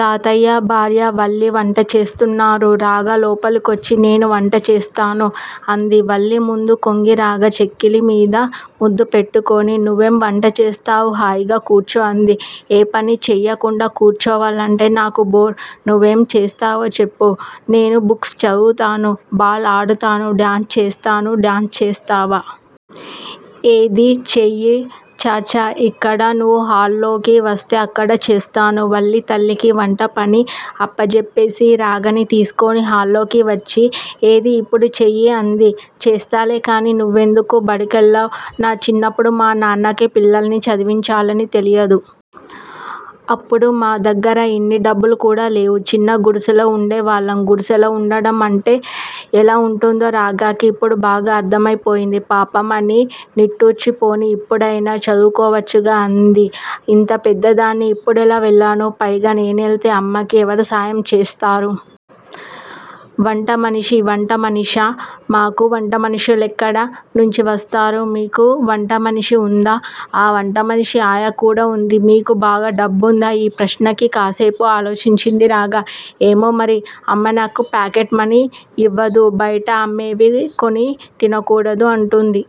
తాతయ్య భార్య, వల్లి వంట చేస్తున్నారు. రాగ లోపలికొచ్చి నేను వంట చేస్తాను అంది. వల్లి ముందు కొంగి రాగ చెక్కిలి మీద ముద్దు పెట్టుకుని, నువెం వంట చేస్తావు? హాయిగా కూర్చో అంది. ఏ పని చెయ్యకుండా కుర్చోవాలంటే నాకు బోర్ నువెం చేస్తావో చెప్పు నేను బుక్స్ చదువుతాను- బాల్ ఆడతాను- డాన్స్ చేస్తాను డాన్స్ చేస్తావా? ఏది చెయ్యి. ఛ ఛ! ఇక్కడా! నువు హాల్ లోకి వస్తే అక్కడ చేస్తాను. వల్లి తల్లికి వంట పని అప్పజెప్పేసి, రాగని తీసుకుని హాల్లోకి వచ్చి ఏది యిప్పుడు చెయ్యి అంది. చేస్తాలే కాని, నువెందుకు బడికెళ్ళవు? నా చిన్నప్పుడు మా నాన్నకి పిల్లల్ని చదివించాలని తెలియదు. అప్పుడు మా దగ్గిర యిన్ని డబ్బులు కూడా లేవు. చిన్న గుడిసెలో వుండే వాళ్ళం. గుడిసెలో వుండడం అంటే ఎలా వుంటుందో రాగకి యిప్పుడు బాగా అర్ధమైపోయింది. పాపం! అని నిట్టూర్చి పోనీ యిప్పుడైనా చదువుకోవచ్చుగా, అంది. ఇంత పెద్దదాన్ని ఇప్పుడెలా వెళ్ళను? పైగా నేనేల్తే అమ్మకి ఎవరు సాయం చేస్తారు? వంటమనిషి వంటమనిషా! మాకు వంటమనుష్యులెక్కడ నుంచి వస్తారు? మీకు వంట మనిషి ఉందా! ఆ! వంటమనిషి, ఆయా కూడా వుంది. మీకు బాగా డబ్బుందా? ఈ ప్రశ్నకి కాస్సేపు ఆలోచించింది రాగ. ఏమో మరి? అమ్మ నాకు పాకెట్ మని యివదు. బయట అమ్మేవి కొని తినకూడదని అంటుంది.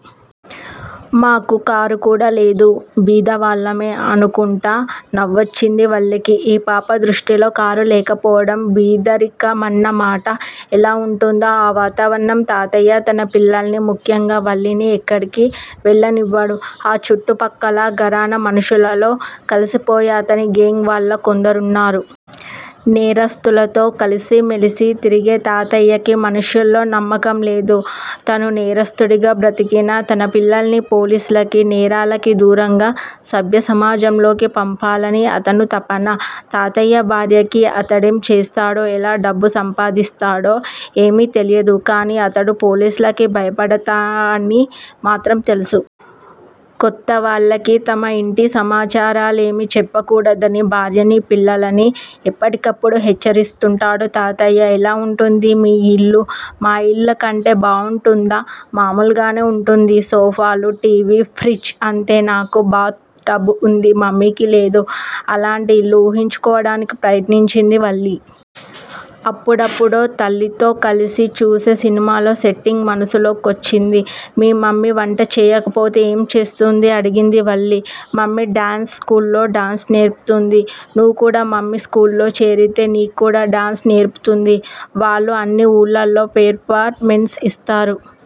మాకు కారు కూడా లేదు. బీదవాళ్ళమే అనుకుంటా నవొచ్చింది వల్లికి. ఈ పాప దృష్టిలో కారు లేకపోవడం బీదరికమన్నమాట. ఎలా వుంటుందో ఆ వాతావరణం. తాతయ్య తన పిల్లల్ని ముఖ్యంగా వల్లిని ఎక్కడికి వెళ్ళనివడు. ఆ చుట్టూ పక్కల ఘరానా మనుష్యులల్లో కలిసిపోయి అతని గేంగ్ వాళ్ళు కొందరున్నారు. నేరస్థులతో కలిసి మెలిసి తిరిగే తాతయ్యకి మనుష్యుల్లో నమ్మకం లేదు. తను నేరస్థుడిగా బ్రతికినా తన పిల్లల్ని పోలీసులకి, నేరాలకి దూరంగా సభ్య సమాజంలోకి పంపాలని అతని తపన. తాతయ్య భార్యకి అతడెం చేస్తాడో? ఎలా డబ్బు సంపాదిస్తాడో? ఏమి తెలియదు. కానీ అతడు పోలీసులకి భయపడతాడని మాత్రం తెలుసు. కొత్త వాళ్ళకి తమ యింటి సమాచారాలేమి చెప్పకూడదని, భార్యని, పిల్లలని ఎప్పటికప్పుడు హెచ్చరిస్తుంటాడు తాతయ్య. ఎలా వుంటుంది మీ యిల్లు? మా యిల్లు కంటే బాగుంటుందా? మాములుగానే వుంటుంది. సోఫాలు, టి. వి. ప్ర్హిజ్ అంతే నాకు బాత్ టబ్ వుంది. మమ్మికి లేదు. అలాంటి ఇల్లు ఉహించుకోడానికి ప్రయత్నించింది వల్లి. అప్పుడప్పుడో తల్లితో కలిసి చూసే సినిమాలో సెట్టింగ్ మనసులో కొచ్చింది. మీ మమ్మీ వంట చేయకపోతే ఏం చేస్తుంది? అడిగింది వల్లి. మమ్మీ డాన్సు స్కూల్లో డాన్సు నేర్పుతుంది. నువు కూడా మమ్మీ స్కూల్లో చేరితే నిక్కుడా డాన్స్ నేర్పుతుంది. వాళ్ళు అన్నీ ఉళ్ళల్లో పెర్ ఫార్ మెన్స్ యిస్తారు.